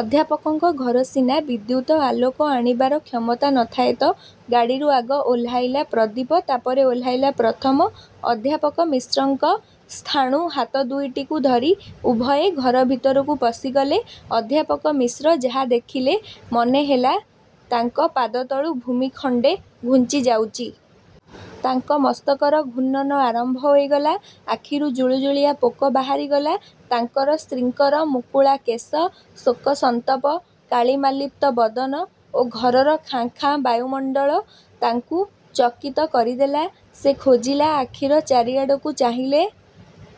ଅଧ୍ୟାପକଙ୍କ ଘର ସିନା, ବିଦ୍ୟୁତ ଆଲୋକ ଆଣିବାର କ୍ଷମତା ନ ଥାଏ ତ! ଗାଡ଼ିରୁ ଆଗ ଓହ୍ଲାଇଲା ପ୍ରଦୀପ, ତାପରେ ଓହ୍ଲାଇଲା ପ୍ରଥମ। ଅଧ୍ୟାପକ ମିଶ୍ରଙ୍କ ସ୍ଥାଣୁ ହାତ ଦୁଇଟିକୁ ଧରି ଉଭୟେ ଘର ଭିତରକୁ ପଶିଗଲେ। ଅଧ୍ୟାପକ ମିଶ୍ର ଯାହା ଦେଖିଲେ ମନେ ହେଲା ତାଙ୍କ ପାଦତଳୁ ଭୂମି ଖଣ୍ଡେ ଘୁଞ୍ଚି ଯାଉଚି। ତାଙ୍କ ମସ୍ତକର ଘୂର୍ଣ୍ଣନ ଆରମ୍ଭ ହୋଇଗଲା। ଆଖିରୁ ଜୁଳୁଜୁଳିଆ ପୋକ ବାହାରିଗଲା। ତାଙ୍କର ସ୍ତ୍ରୀଙ୍କର ମୁକୁଳା କେଶ, ଶୋକସନ୍ତପ କାଳିମାଲିପ୍ତ-ବଦନ ଓ ଘରର ଖାଁ ଖାଁ ବାୟୁମଣ୍ଡଳ ତାଙ୍କୁ ଚକିତ କରିଦେଲା। ସେ ଖୋଜିଲା ଆଖିର ଚାରିଆଡ଼କୁ ଚାହିଁଲେ।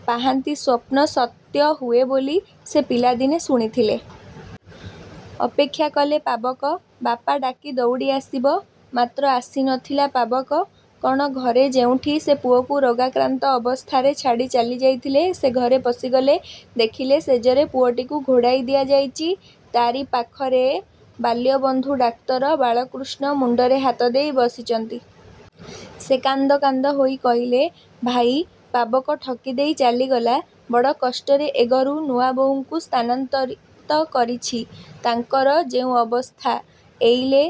ପାହାନ୍ତି ସ୍ୱପ୍ନ ସତ୍ୟ ହୁଏ ବୋଲି ସେ ପିଲାଦିନେ ଶୁଣିଥିଲେ। ଅପେକ୍ଷା କଲେ ପାବକ 'ବାପା' ଡ଼ାକି ଦଉଡ଼ି ଆସିବ। ମାତ୍ର ଆସି ନ ଥିଲା ପାବକ। କ'ଣ ଘରେ ଯେଉଁଠି ସେ ପୁଅକୁ ରୋଗାକ୍ରାନ୍ତ ଅବସ୍ଥାରେ ଛାଡ଼ି ଚାଲି ଯାଇଥିଲେ, ସେ ଘରେ ପଶିଗଲେ। ଦେଖିଲେ ଶେଯରେ ପୁଅଟିକୁ ଘୋଡ଼ାଇ ଦିଆଯାଇଚି। ତାରି ପାଖରେ ବାଲ୍ୟବନ୍ଧୁ ଡାକ୍ତର ବାଳକୃଷ୍ଣ ମୁଣ୍ଡରେ ହାତ ଦେଇ ବସିଚନ୍ତି। ସେ କାନ୍ଦ କାନ୍ଦ ହୋଇ କହିଲେ-ଭାଇ, ପାବକ ଠକି ଦେଇ ଚାଲିଗଲା। ବଡ଼ କଷ୍ଟରେ ଏ ଘରୁ ନୂଆବୋହୂଙ୍କୁ ସ୍ଥାନାନ୍ତରିତ କରିଛି। ତାଙ୍କର ଯେଉଁ ଅବସ୍ଥା,। ଏଇଲେ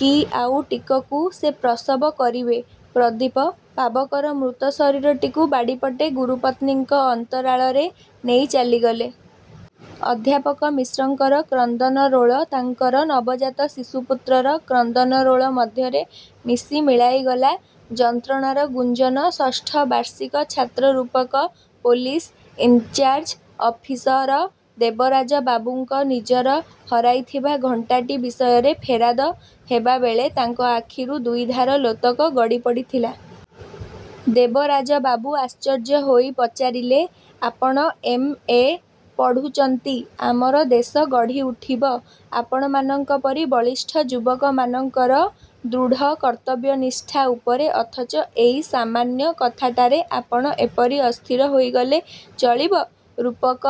କି ଆଉ ଟିକକୁ ସେ ପ୍ରସବ କରିବେ। ପ୍ରଦୀପ 'ପାବକ'ର ମୃତ ଶରୀରଟିକୁ ବାଡ଼ିପଟେ ଗୁରୁପତ୍ନୀଙ୍କ ଅନ୍ତରାଳରେ ନେଇ ଚାଲିଗଲେ। ଅଧ୍ୟାପକ ମିଶ୍ରଙ୍କର କ୍ରନ୍ଦନରୋଳ ତାଙ୍କର ନବଜାତ ଶିଶୁ ପୁତ୍ରର କ୍ରନ୍ଦନରୋଳ ମଧ୍ୟରେ ମିଶି ମିଳାଇଗଲା। ଯନ୍ତ୍ରଣାର ଗୁଞ୍ଜନ ଷଷ୍ଠ ବାର୍ଷିକ ଛାତ୍ର ରୂପକ, ପୋଲିସ୍ ଇନ୍ଚାର୍ଯ ଅଫିସର ଦେବରାଜ ବାବୁଙ୍କ ନିଜର ହରାଇଥିବା ଘଣ୍ଟାଟି ବିଷୟରେ ଫେରାଦ ହେବାବେଳେ ତାଙ୍କ ଆଖିରୁ ଦୁଇଧାର ଲୋତକ ଗଡ଼ିପଡ଼ିଥିଲା। ଦେବରାଜବାବୁ ଆଶ୍ଚର୍ଯ୍ୟ ହୋଇ ପଚାରିଲେ-ଆପଣ ଏମ୍, ଏ. ପଢ଼ୁଚନ୍ତି। ଆମର ଦେଶ ଗଢ଼ିଉଠିବ ଆପଣମାନଙ୍କ ପରି ବଳିଷ୍ଠ ଯୁବକମାନଙ୍କର ଦୃଢ଼ କର୍ତ୍ତବ୍ୟନିଷ୍ଠା ଉପରେ ଅଥଚ ଏଇ ସାମାନ୍ୟ କଥାଟାରେ ଆପଣ ଏପରି ଅସ୍ଥିର ହୋଇଗଲେ ଚଳିବ? ରୂପକ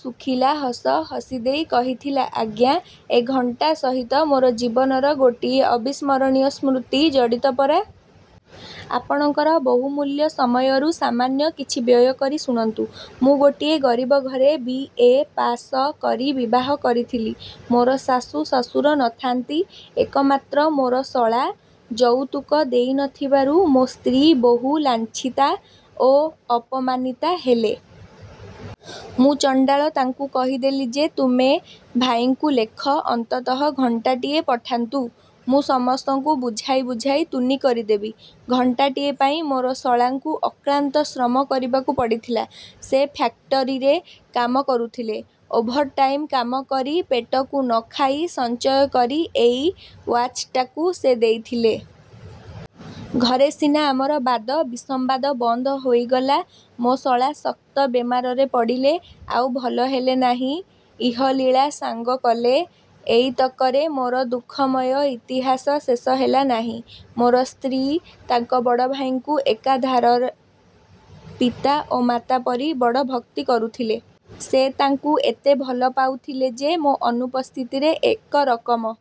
ଶୁଖିଲା ହସ ହସିଦେଇ କହିଥିଲା-ଆଜ୍ଞା, ଏ ଘଣ୍ଟା ସହିତ ମୋର ଜୀବନର ଗୋଟିଏ ଅବିସ୍ମରଣୀୟ ସ୍ମୃତି ଜଡ଼ିତ ପରା! ଆପଣଙ୍କର ବହୁମୂଲ୍ୟ ସମୟରୁ ସାମାନ୍ୟ କିଛି ବ୍ୟୟ କରି ଶୁଣନ୍ତୁ। ମୁଁ ଗୋଟିଏ ଗରିବ ଘରେ ବି. ଏ. ପାଶ କରି ବିବାହ କରିଥିଲି। ମୋର ଶାଶୁ ଶଶୁର ନ ଥାଆନ୍ତି। ଏକମାତ୍ର ମୋର ଶଳା। ଯଉତୁକ ଦେଇ ନ ଥିବାରୁ ମୋ ସ୍ତ୍ରୀ ବହୁ ଲାଞ୍ଛିତା ଓ ଅପମାନିତା ହେଲେ। ମୁଁ ଚଣ୍ଡାଳ ତାଙ୍କୁ କହିଦେଲି ଯେ, ତୁମେ ଭାଇଙ୍କୁ ଲେଖ, ଅନ୍ତତଃ ଘଣ୍ଟାଟିଏ ପଠାନ୍ତୁ, ମୁଁ ସମସ୍ତଙ୍କୁ ବୁଝାଇ ଶୁଝାଇ ତୁନି କରିଦେବି। ଘଣ୍ଟାଟିଏ ପାଇଁ ମୋର ଶଳାଙ୍କୁ ଅକ୍ଳାନ୍ତ ଶ୍ରମ କରିବାକୁ ପଡ଼ିଥିଲା। ସେ ଫ୍ୟାକ୍ଟରୀରେ କାମ କରୁଥିଲେ। ଓଭର ଟାଇମ୍ କାମ କରି ପେଟକୁ ନ ଖାଇ ସଞ୍ଚୟ କରି ଏଇ ୱାଚଟାକୁ ସେ ଦେଇଥିଲେ। ଘରେ ସିନା ଆମର ବାଦ ବିସମ୍ବାଦ ବନ୍ଦ ହୋଇଗଲା, ମୋ ଶଳା ଶକ୍ତ ବେମାରରେ ପଡ଼ିଲେ, ଆଉ ଭଲ ହେଲେ ନାହିଁ, ଇହଲୀଳା ସାଙ୍ଗ କଲେ। ଏଇତକରେ ମୋର ଦୁଃଖମୟ ଇତିହାସ ଶେଷ ହେଲା ନାହିଁ। ମୋର ସ୍ତ୍ରୀ ତାଙ୍କ ବଡ଼ଭାଇଙ୍କୁ ଏକାଧାରରେ ପିତା ଓ ମାତା ପରି ବଡ଼ ଭକ୍ତି କରୁଥିଲେ। ସେ ତାଙ୍କୁ ଏତେ ଭଲ ପାଉଥିଲେ ଯେ, ମୋ ଅନୁପସ୍ଥିତିରେ ଏକ ରକମ